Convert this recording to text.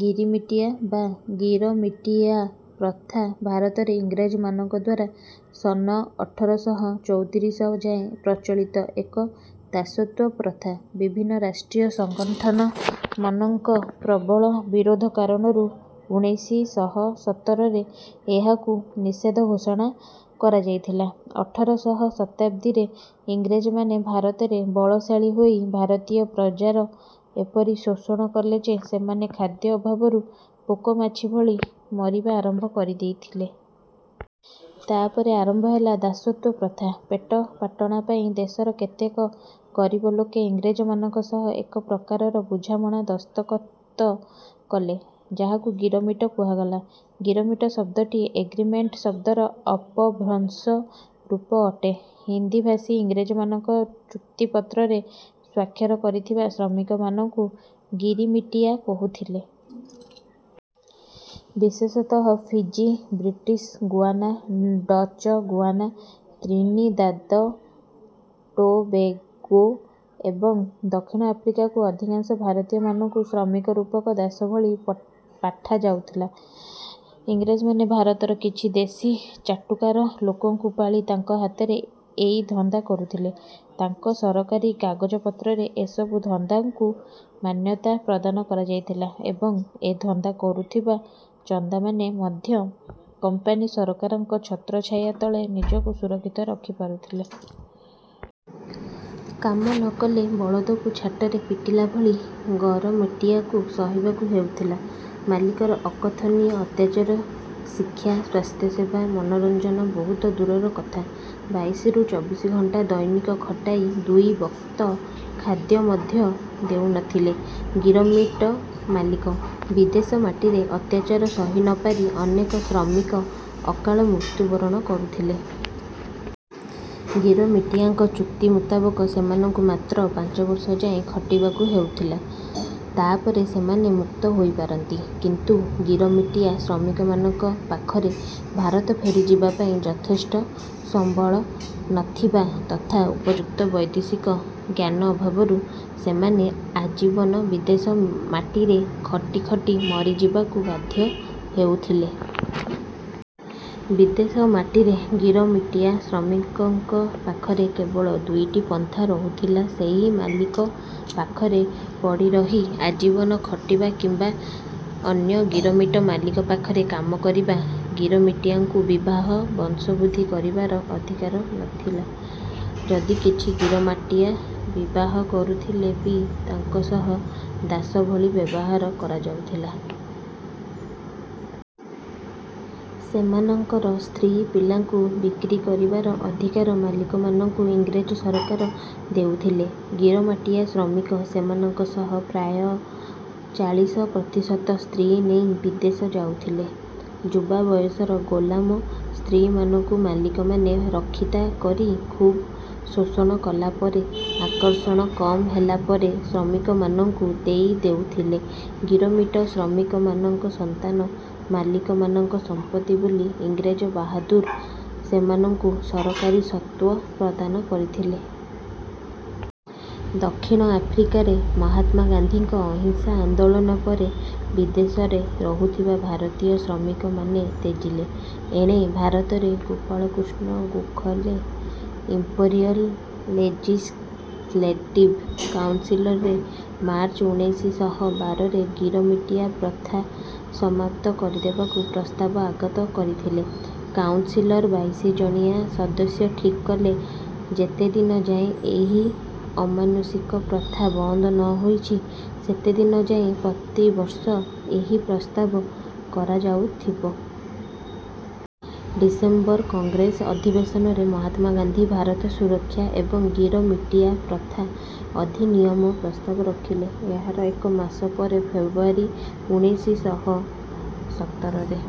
ଗିରିମିଟିଆ ବା ଗିରମିଟିୟା ପ୍ରଥା ଭାରତରେ ଇଂରେଜ ମାନଙ୍କଦ୍ୱାରା ସନ ଅଠର ଶହ ଚଉତିରିଶ ଯାଏଁ ପ୍ରଚଳିତ ଏକ ଦାସତ୍ୱ ପ୍ରଥା। ବିଭିନ୍ନ ରାଷ୍ଟ୍ରୀୟ ସଂଗଠନ ମନଙ୍କ ପ୍ରବଳ ବିରୋଧ କାରଣରୁ ଉଣେଇଶି ଶହ ସତର ରେ ଏହାକୁ ନିଷେଧ ଘୋଷଣା କରାଯାଇଥିଲା। ଅଠର ଶହ ଶତାବ୍ଦୀରେ ଇଂରେଜ ମାନେ ଭାରତରେ ବଳଶାଳୀ ହୋଇ ଭାରତୀୟ ପ୍ରଜାର ଏପରି ଶୋଷଣ କଲେ ଯେ ସେମାନେ ଖାଦ୍ୟ ଅଭାବରୁ ପୋକମାଛି ଭଳି ମରିବା ଆରମ୍ଭ କରିଦେଇଥିଲେ। ତାପରେ ଆରମ୍ଭ ହେଲା ଦାସତ୍ୱ ପ୍ରଥା। ପେଟପାଟଣା ପାଇଁ ଦେଶର କେତେକ ଗରିବ ଲୋକେ ଇଂରେଜ ମାନଙ୍କ ସହ ଏକ ପ୍ରକାରର ବୁଝାମଣା ଦସ୍ତଖତ କଲେ ଯାହାକୁ ଗିରମିଟ କୁହାଗଲା। ଗିରମିଟ ଶବ୍ଦଟି ଏଗ୍ରିମେଣ୍ଟ ଶବ୍ଦର ଅପଭ୍ରଂଶ ରୂପ ଅଟେ। ହିନ୍ଦୀଭାଷୀ ଇଂରେଜମାନଙ୍କ ଚୁକ୍ତିପତ୍ରରେ ସ୍ୱାକ୍ଷର କରିଥିବା ଶ୍ରମିକମାନଙ୍କୁ ଗିରିମିଟିୟା କହୁଥିଲେ। ବିଶେଷତଃ Fiji, British Guiana, Dutch Guiana, Trinidad Tobago ଏବଂ ଦକ୍ଷିଣ ଆଫ୍ରିକାକୁ ଅଧିକାଂଶ ଭାରତୀୟମାନଙ୍କୁ ଶ୍ରମିକ ରୂପକ ଦାସ ଭଳି ପାଠାଯାଉଥିଲା। ଇଂରେଜ ମାନେ ଭାରତର କିଛି ଦେଶୀ ଚାଟୁକାର ଲୋକଙ୍କୁ ପାଳି ତାଙ୍କ ହାତରେ ଏଇ ଧନ୍ଦା କରୁଥିଲେ। ତାଙ୍କ ସରକାରୀ କାଗଜପତ୍ରରେ ଏ ସବୁ ଧନ୍ଦାକୁ ମାନ୍ଯତା ପ୍ରଦାନ କରାଯାଇଥିଲା ଏବଂ ଏ ଧନ୍ଦା କରୁଥିବା ଚନ୍ଦାମାନେ ମଧ୍ୟ କମ୍ପାନୀ ସରକାରଙ୍କ ଛତ୍ରଛାୟା ତଳେ ନିଜକୁ ସୁରକ୍ଷିତ ରଖିପାରୁଥିଲେ। କାମ ନ କଲେ ବଳଦକୁ ଛାଟରେ ପିଟିଲା ଭଳି ଗିରମିଟିଆକୁ ସହିବାକୁ ହେଉଥିଲା ମାଲିକର ଅକଥନୀୟ ଅତ୍ୟାଚାର ଶିକ୍ଷା ସ୍ୱାସ୍ଥ୍ୟସେବା ମନୋରଂଜନ ବହୁତ ଦୂରର କଥା। ବାଇଶି ରୁ ଚବିଶ ଘଣ୍ଟା ଦୈନିକ ଖଟାଇ ଦୁଇ ବକ୍ତ ଖାଦ୍ୟ ମଧ୍ୟ ଦେଉନଥିଲେ ଗିରମିଟ ମାଲିକ। ବିଦେଶ ମାଟିରେ ଅତ୍ୟାଚାର ସହି ନ ପାରି ଅନେକ ଶ୍ରମିକ ଅକାଳ ମୃତ୍ୟୁବରଣ କରୁଥିଲେ। ଗିରମିଟିଆଙ୍କ ଚୁକ୍ତି ମୁତାବକ ସେମାନଙ୍କୁ ମାତ୍ର ପାଞ୍ଚବର୍ଷ ଯାଏଁ ଖଟିବାକୁ ହେଉଥିଲା। ତାପରେ ସେମାନେ ମୁକ୍ତ ହୋଇପାରନ୍ତି। କିନ୍ତୁ ଗିରମିଟିଆ ଶ୍ରମିକମାନଙ୍କ ପାଖରେଭାରତ ଫେରିଯିବା ପାଇଁ ଯଥେଷ୍ଟ ସମ୍ବଳ ନଥିବା ତଥା ଉପଯୁକ୍ତ ବୈଦେଶିକ ଜ୍ଞାନ ଅଭାବରୁ ସେମାନେ ଆଜୀବନ ବିଦେଶ ମାଟିରେ ଖଟି ଖଟି ମରିଯିବାକୁ ବାଧ୍ଯ ହେଉଥିଲେ। ବିଦେଶ ମାଟିରେ ଗିରମିଟିଆ ଶ୍ରମିକଙ୍କ ପାଖରେ କେବଳ ଦୁଇଟି ପନ୍ଥା ରହୁଥିଲାସେଇ ମାଲିକ ପାଖରେ ପଡିରହି ଆଜୀବନ ଖଟିବା କିମ୍ବା ଅନ୍ଯ ଗିରମିଟ ମାଲିକ ପାଖରେ କାମ କରିବା। ଗିରମିଟିଆକୁ ବିବାହ ବଂଶବୃଦ୍ଧି କରିବାର ଅଧିକାର ନଥିଲା। ଯଦି କିଛି ଗିରମାଟିଆ ବିବାହ କରୁଥିଲେ ବି ତାଙ୍କ ସହ ଦାସ ଭଳି ବ୍ଯବହାର କରାଯାଉଥିଲା। ସେମାନଙ୍କର ସ୍ତ୍ରୀ ପିଲାଙ୍କୁ ବିକ୍ରୀ କରିବାର ଅଧିକାର ମାଲିକମାନଙ୍କୁ ଇଂରେଜ ସରକାର ଦେଉଥିଲେ। ଗିରମାଟିଆ ଶ୍ରମିକ ସେମାନଙ୍କ ସହ ପ୍ରାୟଃ ଚାଳିସ ପ୍ରତିଶତ ସ୍ତ୍ରୀନେଇ ବିଦେଶ ଯାଉଥିଲେ। ଯୁବା ବୟସର ଗୋଲାମ ସ୍ତ୍ରୀମାନଙ୍କୁ ମାଲିକ ମାନେ ରକ୍ଷିତା କରି ଖୁବ ଶୋଷଣ କଲାପରେ ଆକର୍ଷଣ କମ ହେଲା ପରେ ଶ୍ରମିକମାନଙ୍କୁ ଦେଇଦେଉଥିଲେ ଗିରମିଟ ଶ୍ରମିକ ମାନଙ୍କ ସନ୍ତାନ ମାଲିକ ମାନଙ୍କ ସମ୍ପତ୍ତି ବୋଲି ଇଂରେଜ ବାହାଦୁର ସେମାନଙ୍କୁ ସରକାରୀ ସତ୍ତ୍ୱ ପ୍ରଦାନ କରିଥିଲେ। ଦକ୍ଷିଣ ଆଫ୍ରିକାରେ ମହାତ୍ମା ଗାନ୍ଧୀଙ୍କ ଅହିଂସା ଆନ୍ଦୋଳନ ପରେ ବିଦେଶରେ ରହୁଥିବା ଭାରତୀୟ ଶ୍ରମିକ ମାନେ ତେଜିଲେ। ଏଣେ ଭାରତରେ ଗୋପାଳ କୃଷ୍ଣ ଗୋଖଲେ, ଇମ୍ପେରିୟଲ ଲେଜିସ୍ଲେଟିଭ କାଉନସିଲରେ ମାର୍ଚ୍ଚ ଉଣେଇଶି ଶହ ବାରରେ ଗିରମିଟିଆ ପ୍ରଥା ସମାପ୍ତ କରିଦେବାକୁ ପ୍ରସ୍ତାବ ଆଗତ କରିଥିଲେ। କାଉନସିଲର ବାଇଶି ଜଣିଆ ସଦସ୍ୟ ଠିକ କଲେ ଯେତେଦିନ ଯାଏଁ ଏହି ଅମାନୁଷିକ ପ୍ରଥା ବନ୍ଦ ନ ହୋଇଛି ସେତେଦିନ ଯାଏଁ ପ୍ରତିବର୍ଷ ଏହି ପ୍ରସ୍ତାବ କରାଯାଉଥିବ। ଡିସେମ୍ବର କଂଗ୍ରେସ ଅଧିବେଶନରେ ମହାତ୍ମା ଗାନ୍ଧୀ, ଭାରତ ସୁରକ୍ଷା ଏବଂ ଗିରମିଟିଆ ପ୍ରଥା ଅଧିନିୟମ ପ୍ରସ୍ତାବ ରଖିଲେ। ଏହାର ଏକ ମାସ ପରେ ଫେବୃଆରୀ ଉଣେଇଶି ଶହ ସତରରେ